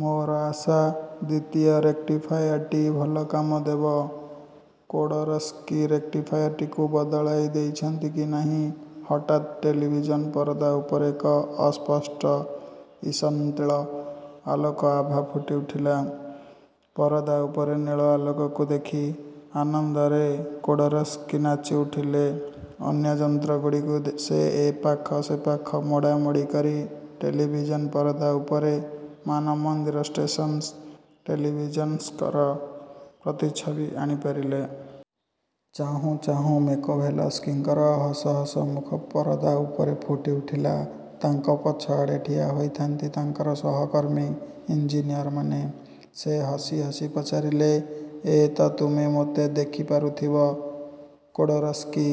ମୋର ଆଶା ଦ୍ୱିତୀୟ ରେକ୍ଟିଫାୟାର୍ଟି ଭଲ କାମ ଦେବ। କୋଡ଼ୋରସ୍କି ରେକ୍ଟିଫାୟାରଟିକୁ ବଦଳାଇ ଦେଇଛନ୍ତି କି ନାହିଁ, ହଠାତ୍ ଟେଲିଭିଜନ୍ ପରଦା ଉପରେ ଏକ ଅସ୍ପଷ୍ଟ ଈଷତ୍ନୀଳ ଆଲୋକ ଆଭା ଫୁଟି ଉଠିଲା। ପରଦା ଉପରେ ନୀଳ ଆଲୋକକୁ ଦେଖି ଆନନ୍ଦରେ କୋଡ଼ୋରସ୍କି ନାଚିଉଠିଲେ। ଅନ୍ୟ ଯନ୍ତ୍ରଗୁଡ଼ିକୁ ସେ ଏପାଖ ସେପାଖ ମୋଡ଼ାମୋଡ଼ି କରି ଟେଲିଭିଜନ୍ ପରଦା ଉପରେ ମାନମନ୍ଦିର ଷ୍ଟେସନ୍ସ୍ଥ ଟେଲିଭିଜନ୍କକ୍ଷର ପ୍ରତିଛବି ଆଣିପାରିଲେ। ଚାହୁଁ ଚାହୁଁ ମେକୋଭେଲସ୍କିଙ୍କର ହସ ହସ ମୁଖ ପରଦା ଉପରେ ଫୁଟିଉଠିଲା। ତାଙ୍କ ପଛଆଡ଼େ ଠିଆ ହୋଇଥାନ୍ତି ତାଙ୍କର ସହକର୍ମୀ ଇଞ୍ଜିନିଅରମାନେ। ସେ ହସି ହସି ପଚାରିଲେ, ''ଏତ ତୁମେ ମୋତେ ଦେଖି ପାରୁଥିବ କୋଡ଼ୋରସ୍କି।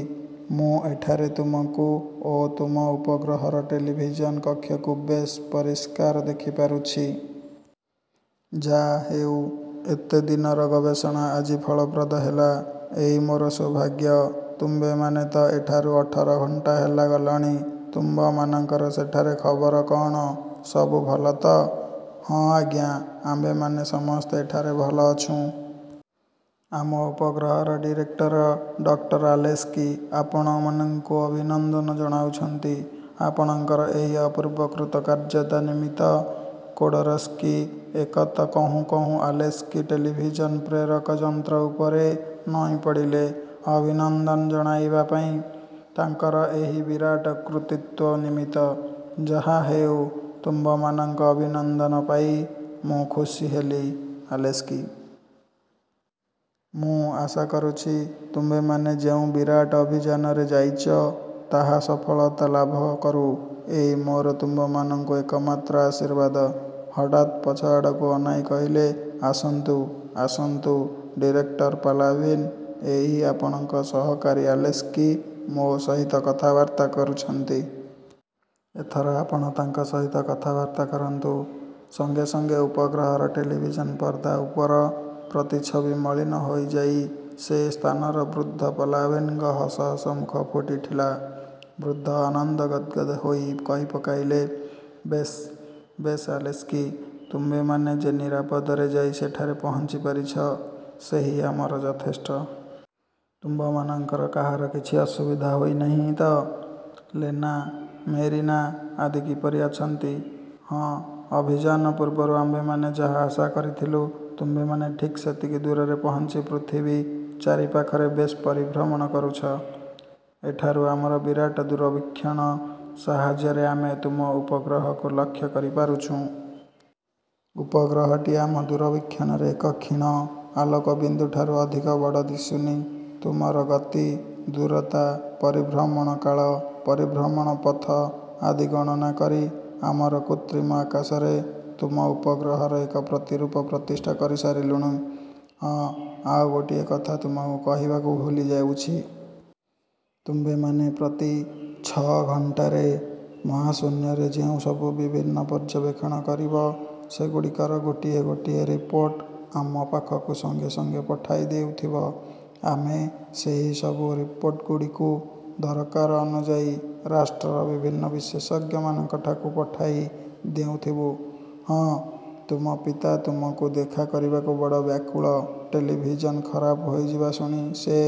ମୁଁ ଏଠାରେ ତୁମକୁ ଓ ତୁମ ଉପଗ୍ରହର ଟେଲିଭିଜନ୍ କକ୍ଷକୁ ବେଶ୍ ପରିଷ୍କାର ଦେଖିପାରୁଛି। ଯା' ହେଉ; ଏତେ ଦିନର ଗବେଷଣା ଆଜି ଫଳପ୍ରଦ ହେଲା, ଏଇ ମୋର ସୌଭାଗ୍ୟ। ତୁମ୍ଭେମାନେ ତ ଏଠାରୁ ଅଠର ଘଣ୍ଟା ହେଲା ଗଲଣି। ତୁମ୍ଭମାନଙ୍କର ସେଠାରେ ଖବର କଅଣ, ସବୁ ଭଲ ତ? '' ''ହଁ, ଆଜ୍ଞା ଆମ୍ଭେମାନେ ସମସ୍ତେ ଏଠାରେ ଭଲ ଅଛୁଁ। ଆମ ଉପଗ୍ରହର ଡିରେକ୍ଟର ଡକ୍ଟର ଆଲେସ୍କି ଆପଣମାନଙ୍କୁ ଅଭିନନ୍ଦନ ଜଣାଉଛନ୍ତି, ଆପଣଙ୍କର ଏହି ଅପୂର୍ବ କୃତକାର୍ଯ୍ୟତା ନିମିତ୍ତ। '' କୋଡ଼ୋରସ୍କି ଏତକ କହୁଁ କହୁଁ ଆଲେସ୍କି ଟେଲିଭିଜନ୍ ପ୍ରେରକ ଯନ୍ତ୍ର ଉପରେ ନଇଁପଡ଼ିଲେ ଅଭିନନ୍ଦନ ଜଣାଇବାପାଇଁ, ତାଙ୍କର ଏହି ବିରାଟ କୃତିତ୍ୱ ନିମିତ୍ତ। ''ଯାହାହେଉ, ତୁମ୍ଭମାନଙ୍କ ଅଭିନନ୍ଦନ ପାଇ ମୁଁ ଖୁସି ହେଲି ଆଲେସ୍କି! ମୁଁ ଆଶା କରୁଛି ତୁମ୍ଭେମାନେ ଯେଉଁ ବିରାଟ ଅଭିଯାନରେ ଯାଇଚ, ତାହା ସଫଳତା ଲାଭ କରୁ। ଏଇ ମୋର ତୁମ୍ଭମାନଙ୍କୁ ଏକମାତ୍ର ଆଶୀର୍ବାଦ। '' ହଠାତ୍ ପଛଆଡ଼କୁ ଅନାଇ କହିଲେ, ''ଆସନ୍ତୁ, ଆସନ୍ତୁ, ଡିରେକ୍ଟର ପାଲାଭିନ୍, ଏଇ ଆପଣଙ୍କ ସହକାରୀ ଆଲେସ୍କି ମୋ ସହିତ କଥାବାର୍ତ୍ତା କରୁଛନ୍ତି। ଏଥର ଆପଣ ତାଙ୍କ ସହିତ କଥାବାର୍ତ୍ତା କରନ୍ତୁ। '' ସଙ୍ଗେ ସଙ୍ଗେ ଉପଗ୍ରହର ଟେଲିଭିଜନ୍ ପର୍ଦ୍ଦା ଉପର ପ୍ରତିଛବି ମଳିନ ହୋଇଯାଇ ସେ ସ୍ଥାନର ବୃଦ୍ଧ ପାଲାଭିନ୍ଙ୍କ ହସ ହସ ମୁଖ ଫୁଟିଠିଲା। ବୃଦ୍ଧ ଆନନ୍ଦ ଗଦ୍ଗଦ୍ ହୋଇ କହିପକାଇଲେ–''ବେଶ୍ ବେଶ୍ ଆଲେସ୍କି, ତୁମ୍ଭେମାନେ ଯେ ନିରାପଦରେ ଯାଇ ସେଠାରେ ପହଞ୍ଚି ପାରିଛ, ସେହି ଆମର ଯଥେଷ୍ଟ। ତୁମ୍ଭମାନଙ୍କର କାହାର କିଛି ଅସୁବିଧା ହୋଇନାହିଁ ତ? ଲେନା, ମେରିନା ଆଦି କିପରି ଅଛନ୍ତି? ହଁ, ଅଭିଯାନ ପୂର୍ବରୁ ଆମ୍ଭେମାନେ ଯାହା ଆଶା କରିଥିଲୁ, ତୁମ୍ଭେମାନେ ଠିକ୍ ସେତିକି ଦୂରରେ ପହଞ୍ଚି ପୃଥିବୀ ଚାରି ପାଖରେ ବେଶ୍ ପରିଭ୍ରମଣ କରୁଛ। ଏଠାରୁ ଆମର ବିରାଟ ଦୂରବୀକ୍ଷଣ ସାହାଯ୍ୟରେ ଆମେ ତୁମ ଉପଗ୍ରହକୁ ଲକ୍ଷ୍ୟ କରିପାରୁଛୁଁ। ଉପଗ୍ରହଟି ଆମ ଦୂରବୀକ୍ଷଣରେ ଏକ କ୍ଷୀଣ ଆଲୋକବିନ୍ଦୁଠାରୁ ଅଧିକ ବଡ଼ ଦିଶୁନି। ତୁମର ଗତି, ଦୂରତା, ପରିଭ୍ରମଣ କାଳ, ପରିଭ୍ରମଣ ପଥ ଆଦି ଗଣନା କରି ଆମର କୃତ୍ରିମ ଆକାଶରେ ତୁମ ଉପଗ୍ରହର ଏକ ପ୍ରତିରୂପ ପ୍ରତିଷ୍ଠା କରି ସାରିଲୁଣି। ହଁ, ଆଉ ଗୋଟିଏ କଥା ତୁମକୁ କହିବାକୁ ଭୁଲିଯାଉଛି। ତୁମ୍ଭେମାନେ ପ୍ରତି ଛ' ଘଣ୍ଟାରେ ମହାଶୂନ୍ୟରେ ଯେଉଁ ସବୁ ବିଭିନ୍ନ ପର୍ଯ୍ୟବେକ୍ଷଣ କରିବ, ସେଗୁଡ଼ିକର ଗୋଟିଏ ଗୋଟିଏ ରିପୋର୍ଟ ଆମ ପାଖକୁ ସଙ୍ଗେ ସଙ୍ଗେ ପଠାଇ ଦେଉଥିବ। ଆମେ ସେହି ସବୁ ରିପୋର୍ଟଗୁଡ଼ିକୁ ଦରକାର ଅନୁଯାୟୀ ରାଷ୍ଟ୍ରର ବିଭିନ୍ନ ବିଶେଷଜ୍ଞମାନଙ୍କଠାକୁ ପଠାଇ ଦେଉଥିବୁଁ। ହଁ, ତୁମ ପିତା ତୁମକୁ ଦେଖା କରିବାକୁ ବଡ଼ ବ୍ୟାକୁଳ। ଟେଲିଭିଜନ ଖରାପ ହୋଇଯିବା ଶୁଣି ସେ